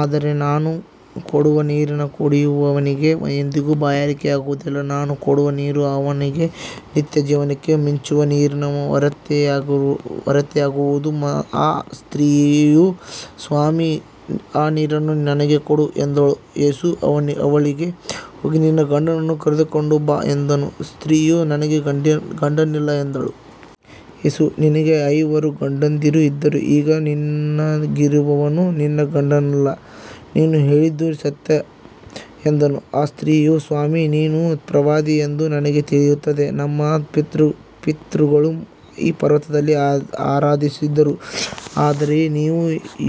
ಆದರೆ ನಾನು ಕೊಡುವ ನೀರನ್ನು ಕುಡಿಯುವವನಿಗೆ ಎಂದಿಗೂ ಬಾಯಾರಿಕೆಯಾಗುವುದಿಲ್ಲ. ನಾನು ಕೊಡುವ ನೀರು ಅವನಲ್ಲಿ ನಿತ್ಯಜೀವಕ್ಕೆ ಚಿಮ್ಮುವ ನೀರಿನ ಒರತೆಯಾಗುವುದು. ಆ ಸ್ತ್ರೀಯು, ಸ್ವಾಮೀ, ಆ ನೀರನ್ನು ನನಗೆ ಕೊಡು ಎಂದಳು. ಯೇಸು ಅವಳಿಗೆ, ಹೋಗಿ ನಿನ್ನ ಗಂಡನನ್ನು ಕರೆದುಕೊಂಡು ಬಾ ಎಂದನು. ಸ್ತ್ರೀಯು, ನನಗೆ ಗಂಡನಿಲ್ಲ ಎಂದಳು. ಯೇಸು, ನಿನಗೆ ಐವರು ಗಂಡಂದಿರು ಇದ್ದರು, ಈಗ ನಿನಗಿರುವವನು ನಿನ್ನ ಗಂಡನಲ್ಲ. ನೀನು ಹೇಳಿದ್ದು ಸತ್ಯ ಎಂದನು. ಆ ಸ್ತ್ರೀಯು, ಸ್ವಾಮೀ, ನೀನು ಪ್ರವಾದಿ ಎಂದು ನನಗೆ ತಿಳಿಯುತ್ತದೆ. ನಮ್ಮ ಪಿತೃಗಳು ಈ ಪರ್ವತದಲ್ಲಿ ಆರಾಧಿಸಿದರು, ಆದರೆ ನೀವು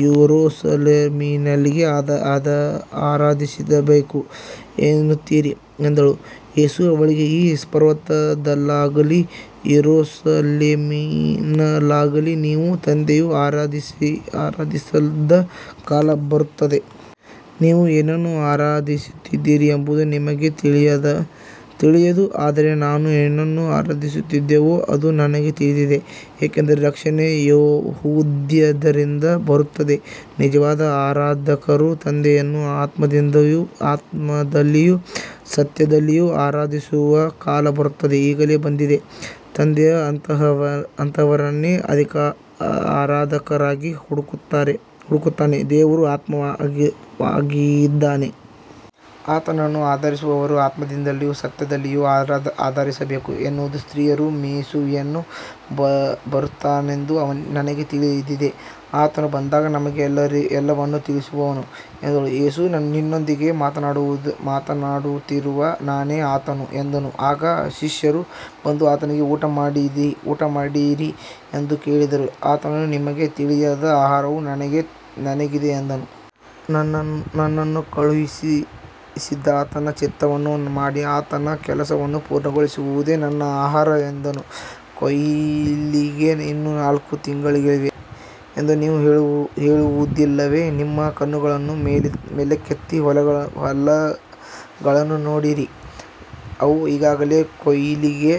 ಯೆರೂಸಲೇಮಿನಲ್ಲೇ ಆರಾಧಿಸಬೇಕು ಎನ್ನುತ್ತೀರಿ ಎಂದಳು. ಯೇಸು ಅವಳಿಗೆ, ಈ ಪರ್ವತದಲ್ಲಾಗಲಿ ಯೆರೂಸಲೇಮಿನಲ್ಲಾಗಲಿ ನೀವು ತಂದೆಯನ್ನು ಆರಾಧಿಸದ ಕಾಲ ಬರುತ್ತದೆ. ನೀವು ಏನನ್ನು ಆರಾಧಿಸುತ್ತೀರಿ ಎಂಬುದು ನಿಮಗೆ ತಿಳಿಯದು, ಆದರೆ ನಾವು ಏನನ್ನು ಆರಾಧಿಸುತ್ತೇವೋ ಅದು ನಮಗೆ ತಿಳಿದಿದೆ, ಏಕೆಂದರೆ ರಕ್ಷಣೆ ಯೆಹೂದ್ಯರಿಂದ ಬರುತ್ತದೆ. ನಿಜವಾದ ಆರಾಧಕರು ತಂದೆಯನ್ನು ಆತ್ಮದಲ್ಲಿಯೂ ಸತ್ಯದಲ್ಲಿಯೂ ಆರಾಧಿಸುವ ಕಾಲ ಬರುತ್ತದೆ, ಈಗಲೇ ಬಂದಿದೆ. ತಂದೆಯು ಅಂತಹವರನ್ನೇ ಆರಾಧಕರಾಗಿ ಹುಡುಕುತ್ತಾನೆ. ದೇವರು ಆತ್ಮವಾಗಿದ್ದಾನೆ. ಆತನನ್ನು ಆರಾಧಿಸುವವರು ಆತ್ಮದಲ್ಲಿಯೂ ಸತ್ಯದಲ್ಲಿಯೂ ಆರಾಧಿಸಬೇಕು ಎಂದನು. ಸ್ತ್ರೀಯು, ಮೆಸ್ಸೀಯನು ಬರುತ್ತಾನೆಂದು ನನಗೆ ತಿಳಿದಿದೆ. ಆತನು ಬಂದಾಗ ನಮಗೆ ಎಲ್ಲವನ್ನೂ ತಿಳಿಸುವನು ಎಂದಳು. ಯೇಸು, ನಿನ್ನೊಂದಿಗೆ ಮಾತನಾಡುತ್ತಿರುವ ನಾನೇ ಆತನು ಎಂದನು. ಆಗ ಶಿಷ್ಯರು ಬಂದು ಆತನಿಗೆ ಊಟಮಾಡಿರಿ ಎಂದು ಕೇಳಿದರು. ಆತನು, ನಿಮಗೆ ತಿಳಿಯದ ಆಹಾರವು ನನಗಿದೆ ಎಂದನು. ನನ್ನನ್ನು ಕಳುಹಿಸಿದಾತನ ಚಿತ್ತವನ್ನು ಮಾಡಿ ಆತನ ಕೆಲಸವನ್ನು ಪೂರ್ಣಗೊಳಿಸುವುದೇ ನನ್ನ ಆಹಾರ ಎಂದನು. ಕೊಯ್ಲಿಗೆ ಇನ್ನೂ ನಾಲ್ಕು ತಿಂಗಳುಗಳಿವೆ ಎಂದು ನೀವು ಹೇಳುವುದಿಲ್ಲವೇ. ನಿಮ್ಮ ಕಣ್ಣುಗಳನ್ನು ಮೇಲಕ್ಕೆತ್ತಿ ಹೊಲಗಳನ್ನು ನೋಡಿರಿ. ಅವು ಈಗಾಗಲೇ ಕೊಯ್ಲಿಗೆ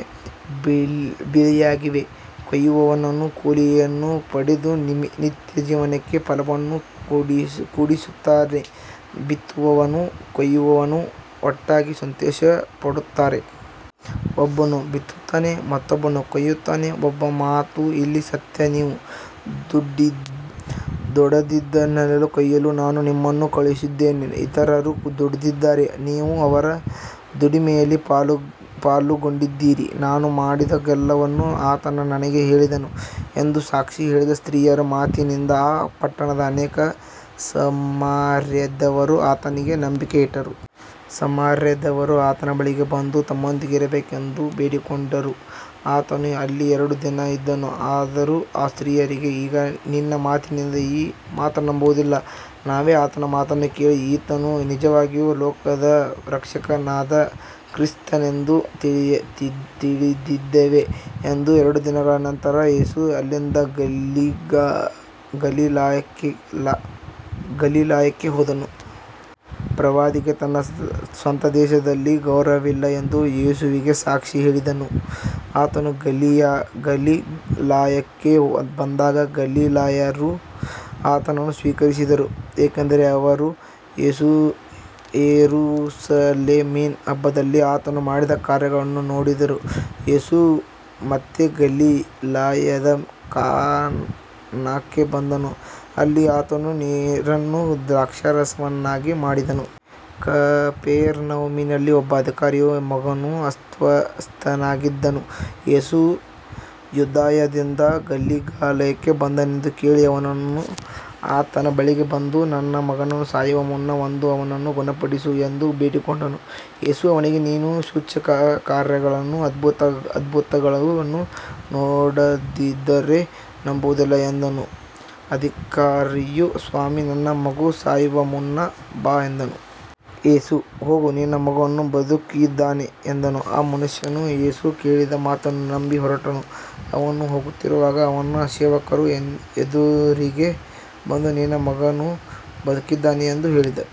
ಬಿಳಿಯಾಗಿವೆ. ಕೊಯ್ಯುವವನು ಕೂಲಿಯನ್ನು ಪಡೆದು ನಿತ್ಯಜೀವಕ್ಕೆ ಫಲವನ್ನು ಕೂಡಿಸುತ್ತಾನೆ. ಬಿತ್ತುವವನೂ ಕೊಯ್ಯುವವನೂ ಒಟ್ಟಾಗಿ ಸಂತೋಷಪಡುತ್ತಾರೆ. ಒಬ್ಬನು ಬಿತ್ತುತ್ತಾನೆ, ಮತ್ತೊಬ್ಬನು ಕೊಯ್ಯುತ್ತಾನೆ ಎಂಬ ಮಾತು ಇಲ್ಲಿ ಸತ್ಯ. ನೀವು ದುಡಿದದ್ದಲ್ಲದದ್ದನ್ನು ಕೊಯ್ಯಲು ನಾನು ನಿಮ್ಮನ್ನು ಕಳುಹಿಸಿದ್ದೇನೆ. ಇತರರು ದುಡಿದಿದ್ದಾರೆ, ನೀವು ಅವರ ದುಡಿಮೆಯಲ್ಲಿ ಪಾಲುಗೊಂಡಿದ್ದೀರಿ. ನಾನು ಮಾಡಿದ ಎಲ್ಲವನ್ನೂ ಆತನು ನನಗೆ ಹೇಳಿದನು ಎಂದು ಸಾಕ್ಷಿ ಹೇಳಿದ ಸ್ತ್ರೀಯ ಮಾತಿನಿಂದ ಆ ಪಟ್ಟಣದ ಅನೇಕ ಸಮಾರ್ಯದವರು ಆತನಲ್ಲಿ ನಂಬಿಕೆ ಇಟ್ಟರು. ಸಮಾರ್ಯದವರು ಆತನ ಬಳಿಗೆ ಬಂದು ತಮ್ಮೊಂದಿಗೆ ಇರಬೇಕೆಂದು ಬೇಡಿಕೊಂಡರು. ಆತನು ಅಲ್ಲಿ ಎರಡು ದಿನ ಇದ್ದನು. ಅವರು ಆ ಸ್ತ್ರೀಯಿಗೆ, ಈಗ ನಿನ್ನ ಮಾತಿನಿಂದ ಮಾತ್ರ ನಂಬುವುದಿಲ್ಲ. ನಾವೇ ಆತನ ಮಾತನ್ನು ಕೇಳಿ, ಈತನು ನಿಜವಾಗಿಯೂ ಲೋಕದ ರಕ್ಷಕನಾದ ಕ್ರಿಸ್ತನೆಂದು ತಿಳಿದಿದ್ದೇವೆ ಎಂದರು. ಎರಡು ದಿನಗಳ ನಂತರ ಯೇಸು ಅಲ್ಲಿಂದ ಗಲಿಲಾಯಕ್ಕೆ ಹೋದನು. ಪ್ರವಾದಿಗೆ ತನ್ನ ಸ್ವಂತ ದೇಶದಲ್ಲಿ ಗೌರವವಿಲ್ಲ ಎಂದು ಯೇಸುವೇ ಸಾಕ್ಷಿ ಹೇಳಿದ್ದನು. ಆತನು ಗಲಿಲಾಯಕ್ಕೆ ಬಂದಾಗ ಗಲಿಲಾಯರು ಆತನನ್ನು ಸ್ವೀಕರಿಸಿದರು, ಏಕೆಂದರೆ ಅವರು ಯೆರೂಸಲೇಮಿನ ಹಬ್ಬದಲ್ಲಿ ಆತನು ಮಾಡಿದ ಕಾರ್ಯಗಳನ್ನು ನೋಡಿದ್ದರು. ಯೇಸು ಮತ್ತೆ ಗಲಿಲಾಯದ ಕಾನಾಕ್ಕೆ ಬಂದನು. ಅಲ್ಲಿ ಆತನು ನೀರನ್ನು ದ್ರಾಕ್ಷಾರಸವನ್ನಾಗಿ ಮಾಡಿದ್ದನು. ಕಪೆರ್ನೌಮಿನಲ್ಲಿ ಒಬ್ಬ ಅಧಿಕಾರಿಯ ಮಗನು ಅಸ್ವಸ್ಥನಾಗಿದ್ದನು. ಯೇಸು ಯೂದಾಯದಿಂದ ಗಲಿಲಾಯಕ್ಕೆ ಬಂದನೆಂದು ಕೇಳಿ ಅವನು ಆತನ ಬಳಿಗೆ ಬಂದು, ನನ್ನ ಮಗನು ಸಾಯುವ ಮುನ್ನ ಬಂದು ಅವನನ್ನು ಗುಣಪಡಿಸು ಎಂದು ಬೇಡಿಕೊಂಡನು. ಯೇಸು ಅವನಿಗೆ, ನೀವು ಸೂಚಕಕಾರ್ಯಗಳನ್ನೂ ಅದ್ಭುತಗಳನ್ನೂ ನೋಡದಿದ್ದರೆ ನಂಬುವುದಿಲ್ಲ ಎಂದನು. ಅಧಿಕಾರಿಯು, ಸ್ವಾಮೀ, ನನ್ನ ಮಗು ಸಾಯುವ ಮುನ್ನ ಬಾ ಎಂದನು. ಯೇಸು, ಹೋಗು, ನಿನ್ನ ಮಗನು ಬದುಕಿದ್ದಾನೆ ಎಂದನು. ಆ ಮನುಷ್ಯನು ಯೇಸು ಹೇಳಿದ ಮಾತನ್ನು ನಂಬಿ ಹೊರಟನು. ಅವನು ಹೋಗುತ್ತಿರುವಾಗ ಅವನ ಸೇವಕರು ಎದುರಿಗೆ ಬಂದು, ನಿನ್ನ ಮಗನು ಬದುಕಿದ್ದಾನೆ ಎಂದು ಹೇಳಿದರು.